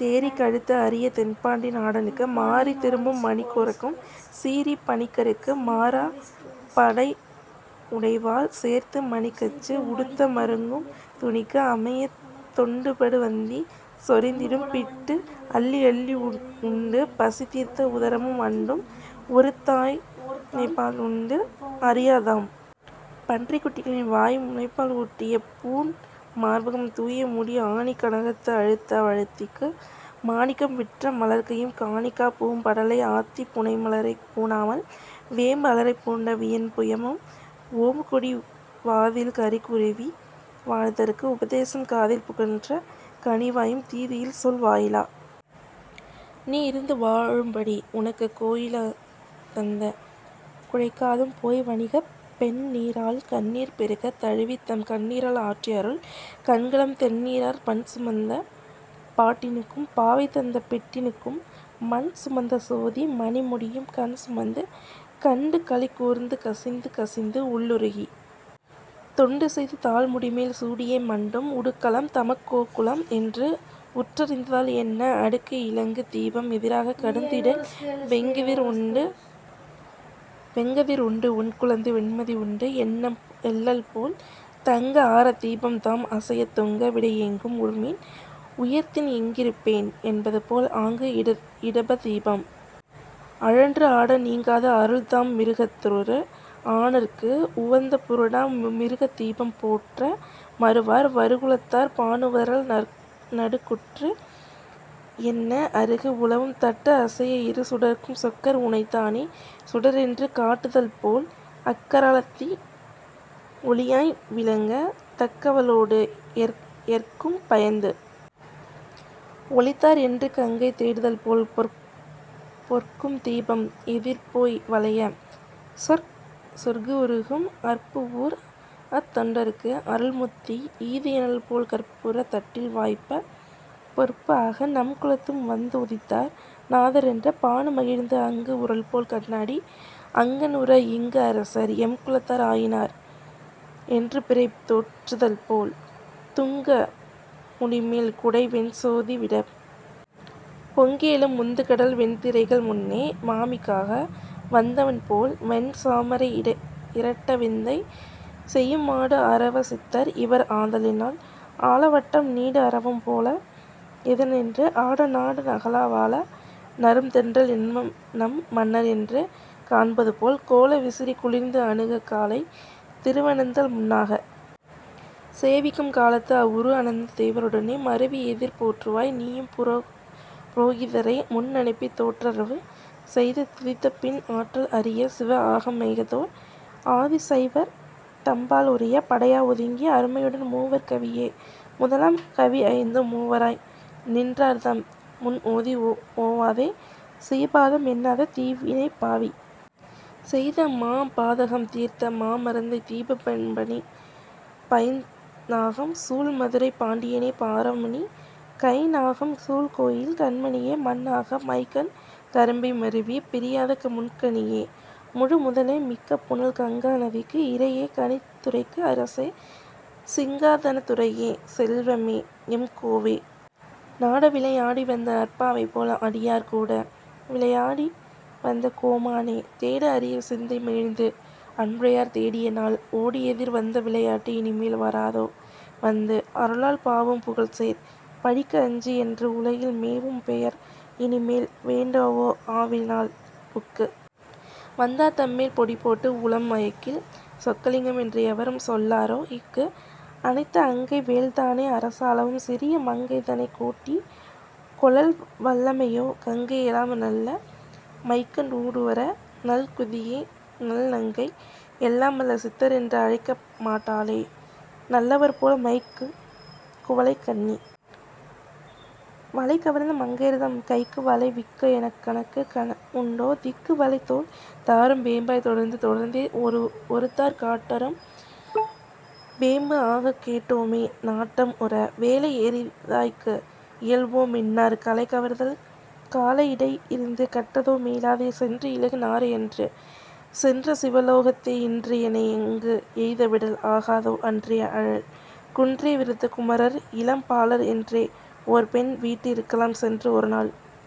தேறிக் கழுத்து அரியத் தென்பாண்டி நாடனுக்கு மாறித் திரும்பும் மணிக் குறங்கும் சீறிப் பணிக்கற்கு மாறாப் படைஉடைவாள் சேர்த்து மணிக்கச்சு உடுத்த மருங்கும் துணிக்கு அமையத் தொண்டுபடு வந்தி சொரிந்திடும் பிட்டு அள்ளிஅள்ளி உண்டு பசிதீர்த்த உதரமும் அண்டும் ஒரு தாய்முலைப்பால் உண்டு அறியாத் தாம் பன்றிக்குட்டிகளின் வாய் முலைப்பால் ஊட்டிய பூண்மார்பகமும் தூயமுடி ஆணிக் கனகத்து அழுத்த வழுதிக்கு மாணிக்கம் விற்ற மலர்க்கையும் காணிக்காப் பூம்படலை ஆத்திப் புனைமலரைப் பூணாமல் வேம்பு அலரைப் பூண்ட வியன்புயமும் ஓம்புகொடி வாதில் கரிக்குருவி வாழ்தற்கு உபதேசம் காதில் புகன்ற கனிவாயும் தீதுஇல் சொல் வாயிலா நீ இருந்து வாழும்படி உனக்குக் கோயிலாத் தந்த குழைக்காதும் போய் வணிகப் பெண்நீராள் கண்ணீர் பெருகத் தழுவித் தம் கண்ணீரால் ஆற்றி அருள் கண்களும் தெண்ணீரார் பண்சுமந்த பாட்டினுக்கும் பாவைதந்த பிட்டினுக்கும் மண்சுமந்த சோதி மணிமுடியும் கண் சுமந்து கண்டு களிகூர்ந்து கசிந்து கசிந்து உள்உருகித் தொண்டு செய்து தாள்முடிமேல் சூடியே மண்டும் உடுக்கலம் தம்கோக்குலம் என்று உற்றறிந்தால்என்ன அடுக்கு இலங்கு தீபம் எதிராகக் கடுத்திடேல் வெங்கதிர் உண்டு உன்குலத்து வெண்மதிஉண்டு என்னல்போல் தங்க ஆரத் தீபம் தாம் அசையத் துங்க விடை ஏங்கும் ஒருமீன் உயர்த்தின் எங்கிருப்பேன் என்பதுபோல் ஆங்கு இடபதீபம் அழன்றுஆட நீங்காது அருள் தாம் மிருகத்துஉரு ஆனார்க்கு உவந்தே புருடா மிருகத் தீபம் போற்ற மருவார் வருகுலத்தார் பானு வரல் நடுக்குற்று என்ன அருகு உலவும் தட்ட அசைய இருசுடர்க்கும் சொக்கர் உனைத்தானே சுடர்என்று காட்டுதல்போல் அக்கரா லத்தி ஒளியாய் விளங்கத் தக்கவளோடு எற்கும் பயந்து ஒளித்தார் என்று கங்கை தேடுதல்போல் பொற்கும்தீபம் எதிர்போய் வளையச் சொற்குஉருகும் அற்புஊர் அத்தொண்டர்க்கு அருள்முத்தி ஈதுஎனல்போல் கற்பூரத் தட்டில் வாய்ப்பப் பொற்புஆக நம்குலத்தும் வந்துஉதித்தார் நாதர்என்று பானுமகிழ்ந்து அங்கு உறல்போல் கண்ணாடி அங்கண்உற இங்குஅரசர் எம்குலத்தார் ஆயினார் என்றுபிறை தோற்றுதல்போல் துங்க முடிமேல் குடை வெண்சோதிவிடப் பொங்கிஎழும் முந்துகடல் வெண்திரைகள் முன்னே மாமிக்காக வந்தவன்போல் வெண்சாமரை இரட்ட விந்தை செயும் ஆடுஅரவச் சித்தர் இவர் ஆதலினால் ஆலவட்டம் நீடுஅரவம் போல எதிர்நின்று ஆட நாடு அகலா வால நறும்தென்றல் நம் மன்னர்என்று காண்பதுபோல் கோல விசிறி குளிர்ந்து அணுகக் காலைத் திருவனந்தல் முன்னாகச் சேவிக்கும் காலத்து உருஅனந்த தேவருடனே மருவி எதிர் போற்றுவாய் நீயும் புரோகிதரை முன்அனுப்பித் தோற்றரவு செய்து துதித்தன்பின் ஆற்றல் அரிய சிவஆகமத்தோர் ஆதிசைவர் தம்பால் உரிய படையா ஒதுங்கி அருமையுடன் மூவர் கவியே முதலாம் கவிஐந்தும் மூவராய் நின்றார்தம் முன்ஓதி ஓவாதே சீபாதம் எண்ணாத தீவினைப்பாவி செய்த மாபாதகம் தீர்த்த மாமருந்தைத் தீபமணிப் பைந்நாகம் சூழ் மதுரைப் பாண்டியனே பாரமணிக் கைந்நாகம் சூழ்கோயில் கண்மணியே மன்ஆக மைக்கண் கரும்பை மருவிப் பிரியாத முக்கண் கனியே முழு முதலே மிக்க புனல் கங்கா நதிக்கு இறையே கன்னித்துறைக்கு அரசே சிங்காதனத் துரையே செல்வமே எம்கோவே நாட விளைஆடி வந்த நற்பாவைபோல் அடியார் கூட விளையாடி வந்த கோமானே தேடஅரிய சிந்தை மகிழ்ந்து அன்புடையார் தேடியநாள் ஓடிஎதிர் வந்த விளையாட்டு இனிமேல் வாராதோ வந்து அருளால் பாவும் புகழ்சேர் பழிக்கு அஞ்சி என்று உலகில் மேவும் பெயர் இனிமேல் வேண்டாவோ ஆவலினால் புக்கு வந்தார் தம்மேல் பொடிபோட்டு உளம் மயக்கிள் சொக்கலிங்கம் என்று எவரும் சொல்லாரோ இக்கு அணைத்த அங்கை வேள்தானே அரசாளவும் சிறிய மங்கைதனைக் கோட்டி கொளல் வல்லமையோ கங்கை எலாம் நல்ல மைக்கண் ஊடுவர நல்குதியேநல்நங்கை எல்லாம் வல்ல சித்தர் என்று அழைக்கமாட்டாளே நல்லவர்போல் மைக் குவளைக்கண்ணி வளைகவர்ந்து மங்கையர்தம் கைக்கு வளை விற்கக் கனக்கு உண்டோ திக்கு வளை தோள் தாரும் வேம்பாய்த் தொடர்ந்து தொடர்ந்தே ஒருதார் கட்டாரும் வேம்பு ஆகக் கேட்டோ மே நாட்டம்உற வேளைஎரித்தாய்க்கு இயல்போ மின்னார் கலைகவர்தல் காளையிடை இருந்து கற்றதோ மீளாது சென்று இலகு நாரை அன்று சென்ற சிவலோகத்தே இன்று எனை அங்கு எய்தவிடல் ஆகாதோ அன்றி அழல் குன்றே விருத்த குமாரர் இளம்பாலர் என்றே ஓர் பெண் வீட்டு இருக்கலாம் சென்று ஒருநாள்।